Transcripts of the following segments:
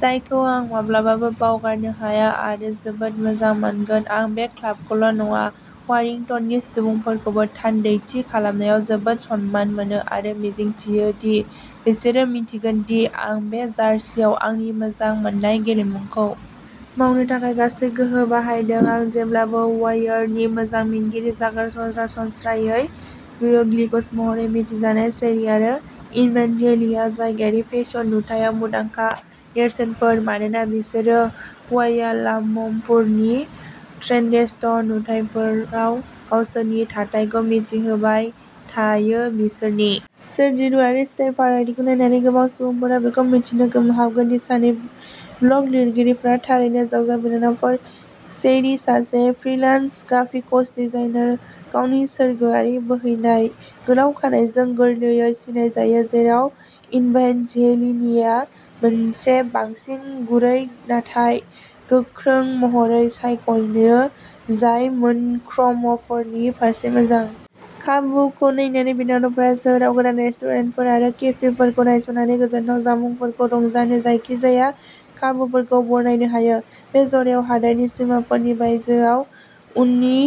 जायखौ आं माब्लाबाबो बावगारनो हाया आरो जोबोद मोजां मोनगोन आं बे क्लाबखौल' नङा वारिंटननि सुबुंफोरखौबो थान्दैथि खालामनायाव जोबोद सनमान मोनो आरो मिजिंथियो दि बिसोरो मिन्थिगोन दि आं बे जार्सीआव आंनि मोजां मोननाय गेलेमुखौ मावनो थाखाय गासै गोहो बाहायदों आं जेब्लाबो वायारनि मोजां मिनगिरि जागोन सरासनस्रायै डुय'ग्लिगस महरै मिथिजानाय चेरी आरो इनभेनजेलिआ जायगायारि फेसन नुथायाव मुदांखा नेरसोनफोर मानोना बिसोरो कुआलाम्पुरनि ट्रेन्डेस्ट नुथायफोराव गावसोरनि थाथायखौ मिथिहोबाय थायो बिसोरनि सोरजिलु आरो स्टाइल फारागथिखौ नायनानै गोबां सुबुंफोरा बेखौ मिथिनो गोमोहाबगोन दि सानै ब्लग लिरगिरिफोरा थारैनो जावजा बिनानावफोर चेरी सासे फ्रिलान्स ग्राफिक'स डिजाइनार गावनि सोरगोआरि बोहैनाय गोलाव खानाइजों गोरलैयै सिनायजायो जेराव इनभेनजेलिनिआ मोनसे बांसिन गुरै नाथाय गोख्रों महरै सायख'यो जाय मोन क्र'मफोरनि फारसे मोजां। खाबुखौ नायनानै बिनानावफोरा सोहोराव गोदान रेस्टुरेन्टफोर आरो केफेफोरखौ नायसंनानै गोजोनथाव जामुंफोरखौ रंजानो जायखिजाया खाबुफोरखौ बरायनो हायो। बे जराया हादोरनि सिमाफोरनि बायजोआव उननि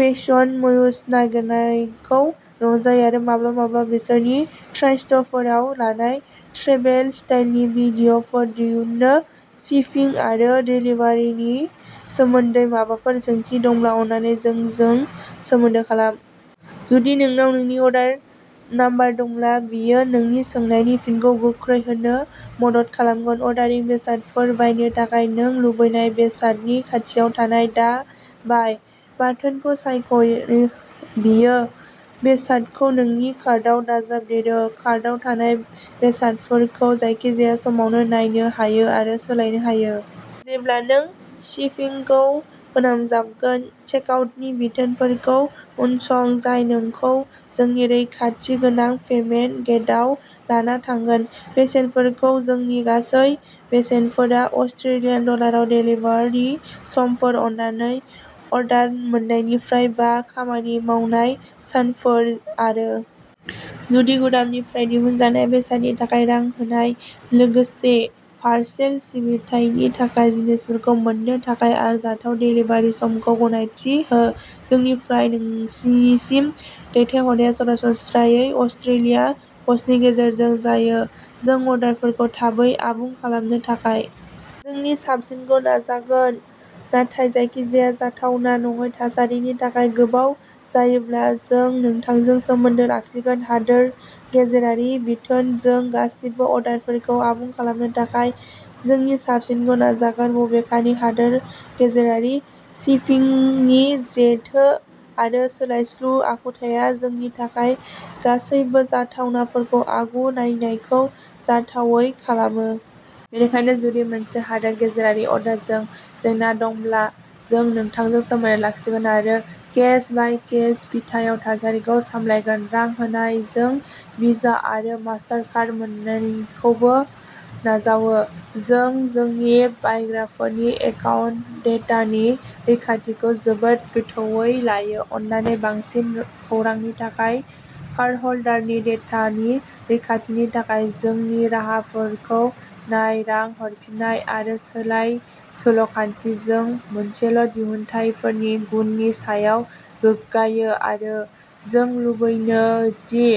फेसन मुयुज नागिरनायखौ रंजायो आरो माब्लाबा-माब्लाबा बिसोरनि ट्राइस्ट'फोराव लानाय ट्रेभेल स्टाइलनि भिडिय'फोर दिहुनो शिपिं आरो देलिभारिनि सोमोन्दै माबाफोर सोंथि दंब्ला अन्नानै जोंजों सोमोन्दो खालाम। जुदि नोंनाव नोंनि अर्डार नम्बर दंब्ला बेयो नोंनि सोंनायनि फिनखौ गोख्रै होनो मदद खालामगोन अर्डारिं बेसादफोर बायनो थाखाय नों लुबैनाय बेसादनि खाथियाव थानाय दा बाय बाटोनखौ सायख' बेयो बेसादखौ नोंनि कार्टआव दाजाबदेरो कार्टआव थानाय बेसादफोरखौ जायखिजाया समावनो नायनो हायो आरो सोलायनो हायो। जेब्ला नों शिपिंखौ फोनांजाबगोन चेक आउटनि बिथोनफोरखौ उनसं जाय नोंखौ जोंनि रैखाथि गोनां पेमेन्ट गेटआव लाना थाङो। बेसेनफोर जोंनि गासैबो बेसेनफोरा अस्ट्रेलियान डलाराव देलिभारि समफोर अन्नानै अर्डार मोन्नायनिफ्राय बा खामानि मावनाय सानफोर आरो जोंनि गुदामनिफ्राय दिहुनजानाय बेसादनि थाखाय रां होनाय लोगोसे पारसेल सिबिथायनि थाखाय जिनिसफोरखौ मोन्नो थाखाय आरजाथाव देलिभारि समखौ गनायथि हो जोंनिफ्राय नोंसिम दैथायहरनाया सरासनस्रायै अस्ट्रेलिया पस्टनि गेजेरजों जायो जों अर्डारफोरखौ थाबै आबुं खालामनो थाखाय जोंनि साबसिनखौ नाजागोन नाथाय जायखिजाया जाथावना नङै थासारिनि थाखाय गोबाव जायोब्ला जों नोंथांजों सोमोन्दो लाखिगोन हादोर गेजेरारि बिथोन जों गासिबो अर्डारफोरखौ आबुं खालामनो थाखाय जोंनि साबसिनखौ नाजागोन बबेखानि हादोर गेजेरारि शिपिंनि जेथो आरो सोलायस्लु आखुथाया जोंनि थाखाय गासैबो जाथावनाफोरखौ आगु नायनायखौ जाथावै खालामो। बेनिखायनो जुदि मोनसे हादोर गेजेरारि अर्डारजों जेंना दंब्ला जों नोंथांजों सोमोन्दो लाखिगोन आरो केस बाय केस बिथायाव थासारिखौ सामलायगोन। रां होनाय जों भिजा आरो मास्टारकार्ड मोन्नैखौबो नाजावो। जों जोंनि बायग्राफोरनि एकाउन्ट डेटानि रैखाथिखौ जोबोद गोथौवै लायो अन्नानै बांसिन खौरांनि थाखाय कार्डहल्डारनि डेटानि रैखाथिनि थाखाय जोंनि राहाफोरखौ नाय रां हरफिननाय आरो सोलाय सोल'खान्थि जों मोनसेल' दिहुनथायफोरनि गुननि सायाव गोग्गायो आरो जों लुबैयो दि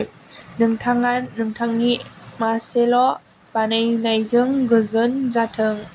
नोंथाङा नोंथांनि मासेल' बायनायजों गोजोन जाथों।